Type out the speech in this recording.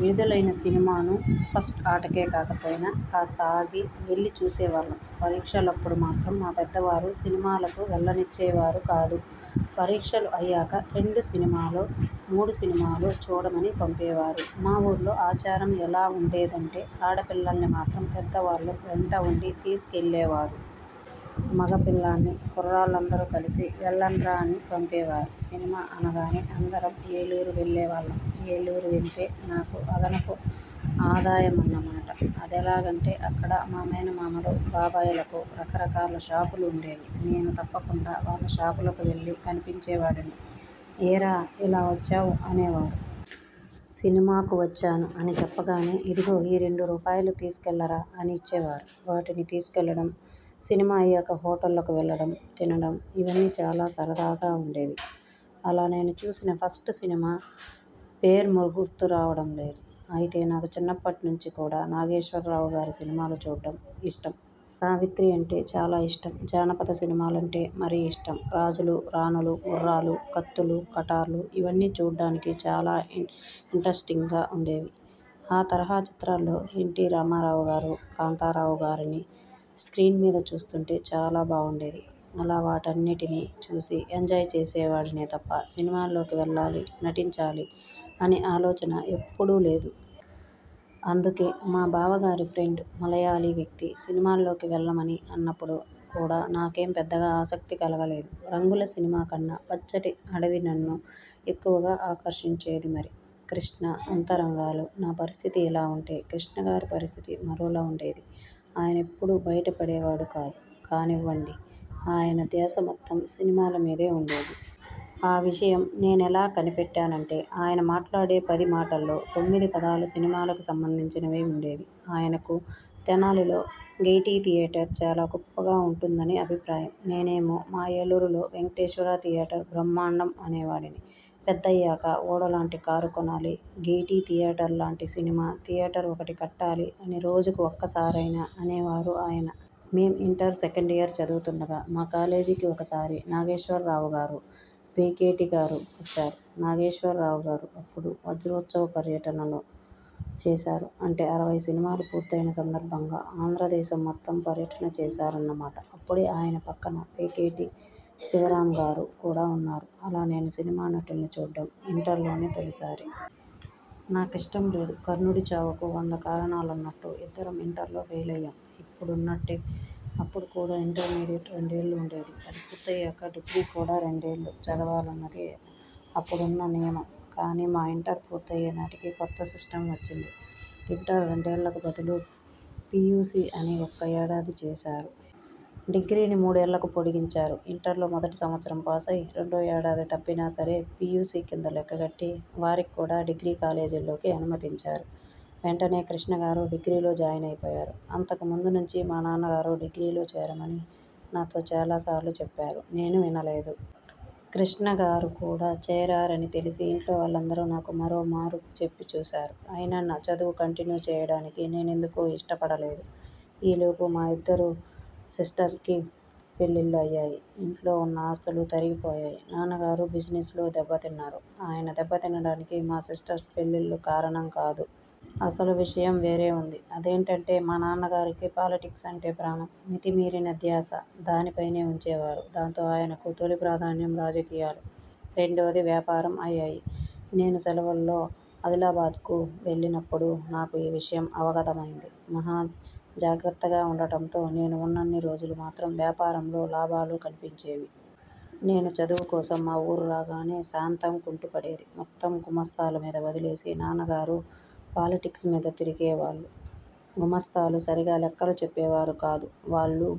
విడుదలైన సినిమాను ఫస్ట్ ఆటకే కాకపోయినా, కాస్త ఆగి వెళ్లి చూసేవాళ్లం. పరీక్షలప్పుడు మాత్రం మా పెద్దవారు సినిమాలకు వెళ్లనిచ్చేవారు కాదు.. పరీక్షలు అయ్యాక రెండు సినిమాలో, మూడు సినిమాలో చూడమని పంపేవారు. మా ఊర్లో ఆచారం ఎలా ఉండేదంటే, ఆడపిల్లల్ని మాత్రం పెద్దవాళ్లు వెంట ఉండి తీసుకెళ్లేవారు. మగపిల్లన్ని 'కుర్రాళ్లందరూ కలిసి వెళ్లండ్రా' అని పంపేవారు. సినిమా అనగానే అందరం ఏలూరు వెళ్లేవాళ్లం. ఏలూరు వెళ్తే నాకు అదనపు ఆదాయమన్నమాట. అదెలాగంటే అక్కడ మా మేనమామలు, బాబాయిలకు రకరకాల షాపులు ఉండేవి. నేను తప్పకుండా వాళ్ళషాపులకు వెళ్లి కనిపించేవాడిని. 'ఏరా ఇలా వచ్చావ్' అనేవారు. 'సినిమాకు వచ్చాను' అని చెప్పగానే, 'ఇదిగో ఈ రెండు రూపాయలు తీసుకెళ్లరా' అని ఇచ్చేవారు. వాటిని తీసుకెళ్లడం, సినిమా అయ్యాక హోటళ్లకు వెళ్లడం, తినడం.. ఇవన్నీ చాలా సరదాగా ఉండేవి. అలా నేను చూసిన ఫస్ట్ సినిమా పేరుమ్మ్గుర్తురావడం లేదు. అయితే నాకు చిన్నప్పటి నుంచి కూడా నాగేశ్వరరావుగారి సినిమాలు చూడ్డం ఇష్టం. సావిత్రి అంటే చాలా ఇష్టం. జానపద సినిమాలంటే మరీ ఇష్టం. రాజులు, రాణులు, గుర్రాలు, కత్తులు, కటార్లు.. ఇవన్నీ చూడ్డానికి చాలా ఇంట్రస్టింగ్గా ఉండేవి. ఆ తరహాచిత్రాల్లో ఎన్టీ రామారావుగారు, కాంతారావుగారిని స్ర్కీన్మీద చూస్తుంటే చాలా బావుండేది. అలా వాటన్నిటినీ చూసి ఎంజాయ్ చేసేవాడినేతప్ప, సినిమాల్లోకి వెళ్లాలి, నటించాలి అనే ఆలోచన ఎప్పుడూ లేదు. అందుకే మా బావగారి ఫ్రెండ్ మలయాళీ వ్యక్తి సినిమాల్లోకి వెళ్లమని అన్నప్పుడు కూడా నాకేం పెద్దగా ఆసక్తి కలగలేదు. రంగుల సినిమాకన్నా పచ్చటి అడవి నన్ను ఎక్కువగా ఆకర్షించేది మరి. కృష్ణ అంతరంగాలు..! నా పరిస్థితి ఇలా ఉంటే, కృష్ణగారి పరిస్థితి మరోలా ఉండేది. ఆయన ఎప్పుడూ బయటపడేవాడు కాదు కానివ్వండిఆయన ధ్యాస మొత్తం సినిమాలమీదే ఉండేది. ఆ విషయం నేనెలా కనిపెట్టానంటే ఆయన మాట్లాడే పదిమాటల్లో తొమ్మిదిపదాలు సినిమాలకు సంబంధించినవే ఉండేవి. ఆయనకు తెనాలిలో గెయిటీ థియేటర్ చాలా గొప్పగా ఉంటుందని అభిప్రాయం. నేనేమో 'మా ఏలూరులో వెంకటేశ్వర థియేటర్ బ్రహ్మాండం' అనేవాడిని. 'పెద్దయ్యాక ఓడలాంటి కారు కొనాలి, గెయిటీ థియేటర్లాంటి సినిమా థియేటర్ ఒకటి కట్టాలి' అని రోజుకు ఒక్కసారైనా అనేవారు ఆయన. మేం ఇంటర్ సెకండ్ ఇయర్ చదువుతుండగా మా కాలేజీకి ఒకసారి నాగేశ్వరరావుగారు, పేకేటిగారు వచ్చారు. నాగేశ్వరరావుగారు అప్పుడు 'వజ్రోత్సవ పర్యటనలు' చేశారు. అంటే అరవై సినిమాలు పూర్తయిన సందర్భంగా ఆంధ్రదేశం మొత్తం పర్యటన చేశారన్నమాట। అప్పుడే ఆయన పక్కనే పేకేటి శివరామ్గారు కూడా ఉన్నారు. అలా నేను సినిమా నటుల్ని చూడ్డం ఇంటర్లోనే తొలిసారి. నాకిష్టం లేదుకర్ణుడిచావుకు వంద కారణాలన్నట్టు ఇద్దరం ఇంటర్లో ఫెయిల్ అయ్యాం. ఇప్పుడున్నట్టే అప్పుడు కూడా ఇంటర్మీడియెట్ రెండేళ్లు ఉండేది. అది పూర్తయ్యాక డిగ్రీ కూడా రెండేళ్లు చదవాలన్నది అప్పుడున్న నియమం. కానీ మా ఇంటర్ పూర్తయ్యేనాటికి కొత్త సిస్టమ్ వచ్చింది. ఇంటర్ రెండేళ్లకు బదులు పీయూసీ అని ఒక్క ఏడాది చేశారు. డిగ్రీని మూడేళ్లకు పొడిగించారు. ఇంటర్లో మొదటి సంవత్సరం పాసై, రెండో ఏడాది తప్పినాసరే. పీయూసీ కింద లెక్కగట్టి వారికి కూడా డిగ్రీ కాలేజీల్లోకి అనుమతించారు. వెంటనే కృష్ణగారు డిగ్రీలో జాయినైపోయారు. అంతకు ముందునుంచీ మా నాన్నగారు డిగ్రీలో చేరమని నాతో చాలాసార్లు చెప్పారు. నేను వినలేదు. కృష్ణగారు కూడా చేరారని తెలిసి ఇంట్లో వాళ్లందరూ నాకు మరోమారు చెప్పి చూశారు. అయినా చదువు కంటిన్యూ చేయడానికి నేనెందుకో ఇష్టపడలేదు. ఈ లోపు మా ఇద్దరు సిస్టర్స్కి పెళ్లిళ్లు అయ్యాయి.. ఇంట్లో ఉన్న ఆస్తులు తరిగిపోయాయి. నాన్నగారు బిజినెస్లో దెబ్బతిన్నారు. ఆయన దెబ్బతినడానికి మా సిస్టర్స్ పెళ్ళిళ్ళు కారణం కాదు. అసలు విషయం వేరే ఉంది. అదేంటంటే, మా నాన్నగారికి పాలిటిక్స్ అంటే ప్రాణం. మితిమీరిన ధ్యాస దానిపైనే ఉంచేవారు. దాంతో ఆయనకు తొలి ప్రాధాన్యం రాజకీయాలు. రెండోది వ్యాపారం అయ్యాయి. నేను సెలవుల్లో ఆదిలాబాద్కు వెళ్లినప్పుడు నాకు ఈ విషయం అవగతమైంది. మహాజాగ్రత్తగా ఉండటంతో నేను ఉన్నన్ని రోజులూ మాత్రం వ్యాపారంలో లాభాలు కనిపించేవి. నేను చదువుకోసం మా ఊరు రాగానే సాంతం కుంటుపడేది. మొత్తం గుమస్తాలమీద వదిలేసి నాన్నగారు పాలిటిక్స్మీద తిరిగేవాళ్లు. గుమస్తాలు సరిగా లెక్కలు చెప్పేవారు కాదు. వాళ్లూ,